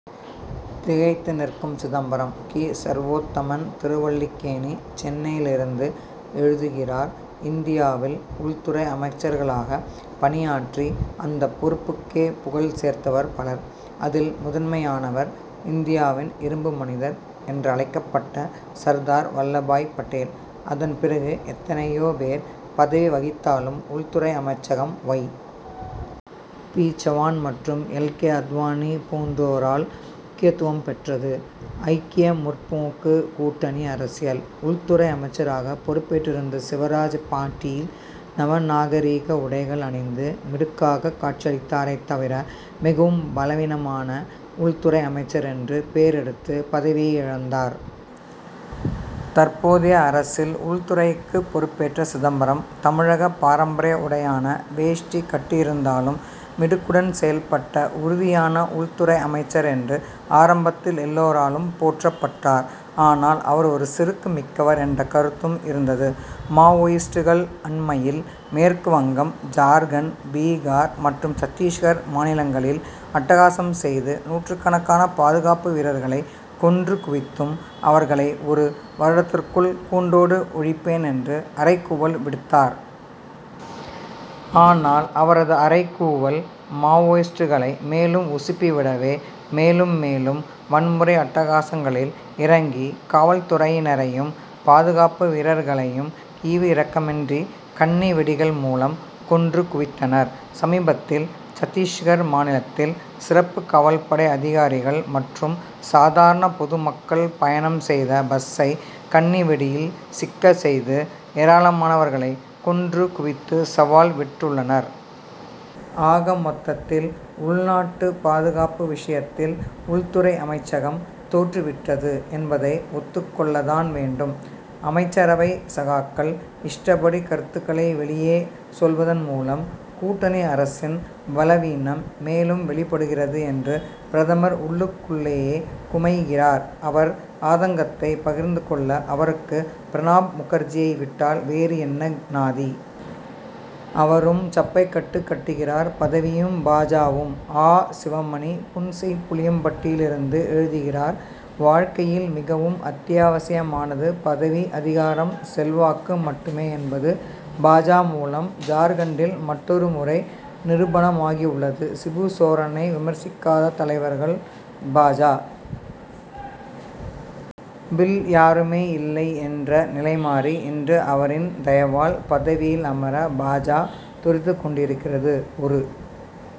திகைத்து நிற்கும் சிதம்பரம்! கி. சர்வோத்தமன், திருவல்லிக்கேணி, சென்னையிலிருந்து எழுதுகிறார் இந்தியாவில் உள்துறை அமைச்சர்களாகப் பணியாற்றி, அந்தப் பொறுப்புக்கே புகழ் சேர்த்தவர் பலர். அதில் முதன்மையானவர், இந்தியாவின் இரும்பு மனிதர் என்றழைக்கப்பட்ட சர்தார் வல்லபாய் படேல். அதன் பிறகு எத்தனை யோ பேர் பதவி வகித்தாலும், உள் துறை அமைச்சகம், ஒய். பி. சவான் மற்றும் எல். கே. அத்வானி போன்றோரால் முக்கியத்துவம் பெற்றது. ஐக்கிய முற்போக்கு கூட்டணி அரசில், உள்துறை அமைச்சராகப் பொறுப்பேற்றிருந்த சிவராஜ் பாட்டீல், நவநாகரிக உடைகள் அணிந்து மிடுக்காகக் காட்சியளித்தாரே தவிர, மிகவும் பலவீனமான உள்துறை அமைச்சர் என்று பேர் எடுத்து, பதவியை இழந்தார். தற்போதைய அரசில் உள்துறைக் குப் பொறுப்பேற்ற சிதம்பரம், தமிழகப் பாரம்பரிய உடையான வேஷ்டி கட்டியிருந்தாலும், மிடுக்குடன் செயல்பட்ட உறுதியான உள்துறை அமைச்சர் என்று, ஆரம்பத்தில் எல்லாராலும் போற்றப்பட்டார். ஆனால், அவர் ஒரு செறுக்குமிக்கவர் என்ற கருத்தும் இருந்தது. மாவோயிஸ்டுகள் அண்மையில் மேற்கு வங்கம், ஜார்க்கண்ட், பீகார் மற்றும் சத்திஸ்கர் மாநிலங்களில் அட்டகாசம் செய்து, நூற்றுக்கணக்கான பாதுகாப்பு வீரர்களைக் கொன்று குவித்ததும், அவர்களை ஒரு வருடத்திற்குள் கூண்டோடு ஒழிப்பேன் என்று அறைகூவல் விடுத்தார். ஆனால், அவரது அறைகூவல், மாவோயிஸ்டுகளை மேலும் உசுப்பி விடவே, மேலும், மேலும் வன்முறை அட்டகாசங்களில் இறங்கி, காவல் துறையினரையும், பாதுகாப்பு வீரர்களையும் ஈவு இரக்கமின்றி, கண்ணி வெடிகள் மூலம், கொன்று குவித்தனர். சமீபத்தில் சத்திஸ்கர் மாநிலத்தில் சிறப்பு காவல்படை அதிகாரிகள் மற்றும் சாதாரணப் பொதுமக்கள் பயணம் செய்த பஸ்சை, கண்ணிவெடியில் சிக்கச் செய்து, ஏராளமானவர்களைக் கொன்று குவித்து சவால் விட்டுள்ளனர். ஆக மொத்தத்தில், உள்நாட்டு பாதுகாப்பு விஷயத்தில் உள்துறை அமைச்சகம் தோற்று விட்டது என்பதை, ஒத்துக் கொள்ளத்தான் வேண்டும். அமைச்சரவை சகாக்கள், இஷ்டப்படி கருத்துக்களை வெளியே சொல்வதன் மூலம், கூட்டணி அரசின் பலவீனம் மேலும் வெளிப்படுகிறது என்று பிரதமர் உள்ளுக்குள்ளேயே குமைகிறார். அவர் ஆதங்கத்தைப் பகிர்ந்து கொள்ள, அவருக்கு பிரணாப் முகர்ஜியை விட்டால், வேறு என்ன நாதி? அவரும் சப்பைக்கட்டு கட்டுகிறார். பதவியும் பா. ஜ.,வும்! ஆ. சிவமணி, புன்செய்ப்புளியம்பட்டியிலிருந்து எழுதுகிறார் வாழ்க் கையில் மிகவும் அத்தியாவசியமானது பதவி, அதிகாரம், செல்வாக்கு மட்டு மே என்பது, பா. ஜ., மூலம், ஜார்க்கண்டில் மற்றொரு முறை நிரூபணமாகியுள்ளது. சிபுசோரனை விமர்சிக் காத தலைவர்கள், பா. ஜ., வில் யாருமே இல்லை என்ற நிலைமாறி, இன்று அவரின் தயவால், பதவியில் அமர பா. ஜ., துடித்து கொண்டிருக்கிறது. ஒரு